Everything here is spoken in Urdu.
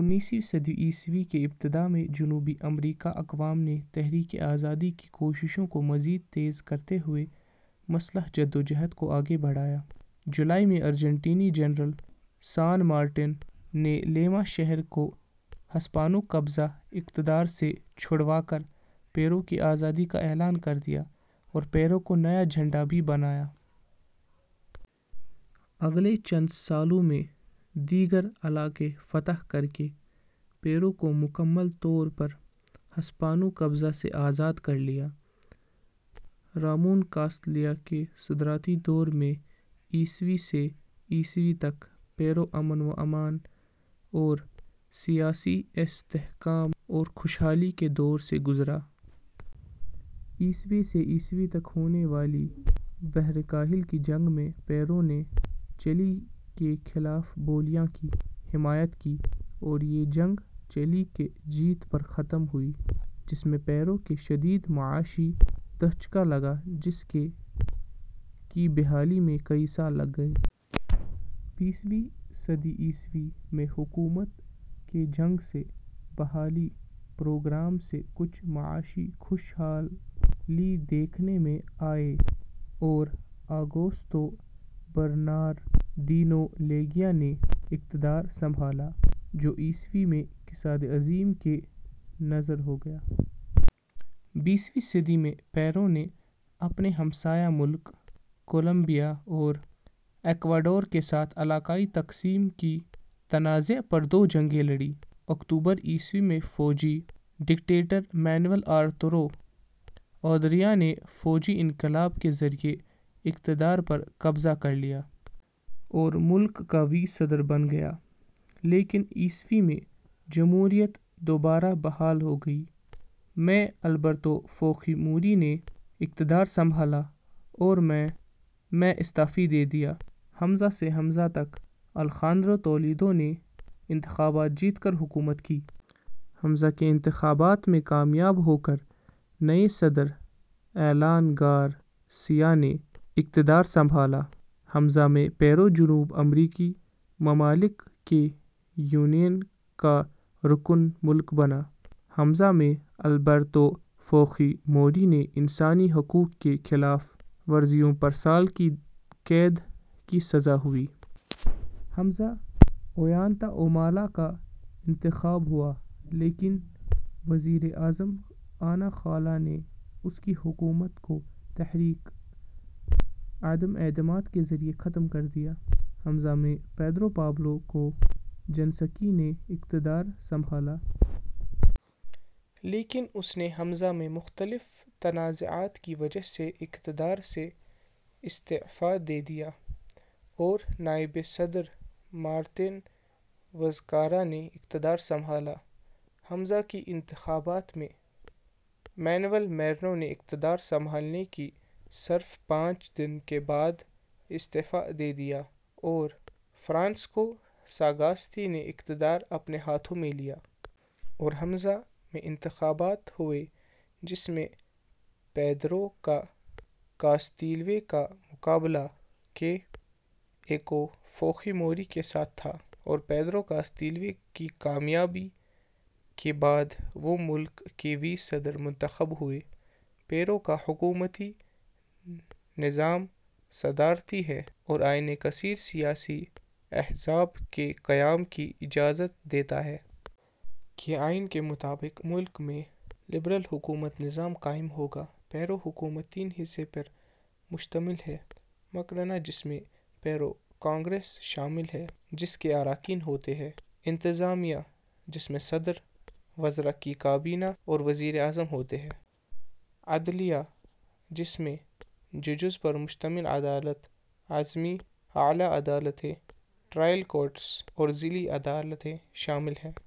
انیسویں صدی عیسوی کے ابتدا میں جنوبی امریکائی اقوام نے تحریک آزادی کی کوششوں کو مزید تیز کرتے ہوئے مسلح جدوجہد کو آگے بڑھایا۔ جولائی میں ارجنٹینی جنرل سان مارٹن نے لیما شہر کو ہسپانوی قبضہ اقتدار سے چھڑوا کر پیرو کی آزادی کا اعلان کر دیا اور پیرو کا نیا جھنڈا بھی بنایا۔ اگلے چند سالوں میں دیگر علاقے فتح کر کے پیرو کو مکمل طور پر ہسپانوی قبضہ سے آزاد کر لیا۔ رامون کاستلیا کے صدراتی دور میں عیسوی سے عیسوی تک پیرو امن وامان اور سیاسی استحکام اور خوش حالی کے دور سے گذرا۔ عیسوی سے عیسوی تک ہونے والی بحرالکاہل کی جنگ میں پیرو نے چلی کے خلاف بولیویا کی حمایت کی۔ اور یہ جنگ چلی کی جیت پر ختم ہوئی۔ جس میں پیرو کی شدید معاشی دھچکا لگا جس کی بحالی میں کئی سال لگ گئے۔ بیسوی صدی عیسوی میں حکومت کے جنگ سے بحالی پروگرام سے کچھ معاشی خوش حالی دیکھنے میں آئی اور آگوستو برناردینو لیگیا نے اقتدار سنبھالا۔ جو عیسوی میں کساد عظیم کی نظر ہو گیا۔ بیسوی صدی میں پیرو نے اپنے ہمسایہ ملک کولومبیا اور ایکواڈور کے ساتھ علاقائی تقسیم کی تنازع پر دو جنگیں لڑیں۔ اکتوبر عیسوی میں فوجی ڈکٹیٹر مینوئل ارتورو اودریا نے فوجی انقلاب کے ذریعے اقتدار پر قبضہ کر لیا۔ اور ملک کا ویں صدر بن گیا۔ لیکن عیسوی میں جمہوریت دوبارہ بحال ہو گئی۔ میں البرتو فوخی موری نے اقتدار سنبھالا اور میں استعفی دے دیا۔ ء سے ء تک آلخاندرو تولیدو نے انتخابات جیت کر حکومت کی۔ ء کے انتخابات میں کامیاب ہو کر نئے صدر آلان گارسیا نے اقتدار سنبھالا۔ ء میں پیرو جنوب امریکی ممالک کی یونین کا رکن ملک بنا۔ ء میں البرتو فوخی موری کو انسانی حقوق کی خلاف ورزیوں پر سال کی قید کی سزا ہوئی۔ ء میں اویانتا اومالا کا انتخاب ہوا لیکن وزیر اعظم انا خارا نے اس کی حکومت کو تحریک عدم اعتماد کے ذریعے ختم کر دیا۔ ء میں پیدرو پابلو کوچنسکی نے اقتدار سنبھالا۔ لیکن اس نے ء میں مختلف تنازعات کی وجہ سے اقتدار سے ا ستعفی دے دیا۔ اور نائب صدر مارتن وزکارا نے اقتدار سنبھالا۔ ء کے انتخابات میں مینوئل میرینو نے اقتدار سنبھالنے کے صرف پانچ دن کے بعد استعفی دے دیا اور فرانسسکو ساگاستی نے اقتدار اپنے ہاتھو میں لیا۔ اور ء میں انتخابات ہوئے جس میں پیدرو کاستیلیو کا مقابلہ کے ایکو فوخی موری کے ساتھ تھا۔ اور پیدرو کاستیلیو کی کامیاب کے بعد وہ ملک کے ویں صدر منتخب ہوئے۔ پیرو کا حکومتی نظام صدارتی ہے اور آئین کثیر سیاسی احزاب کے قیام کی اجازت دیتا ہے۔ کے آئین کے مطابق ملک میں لبرل جمہوری نظام قائم ہوگا۔ پیرو حکومت تین حصے پر مشتمل ہے۔ ۔ مقننہ جس میں پیرو کانگرس شامل ہے جس کے اراکین ہوتے ہیں۔ ۔ انتظامیہ ، جس میں صدر، وزراء کی کابینہ اور وزیر اعظم ہوتے ہیں۔ ۔ عدلیہ ، جس میں ججز پر مشتمل عدالت عظمی, اعلیٰ عدالتیں، ٹرائل کورٹس اور ضلعی عدالتیں شامل ہیں۔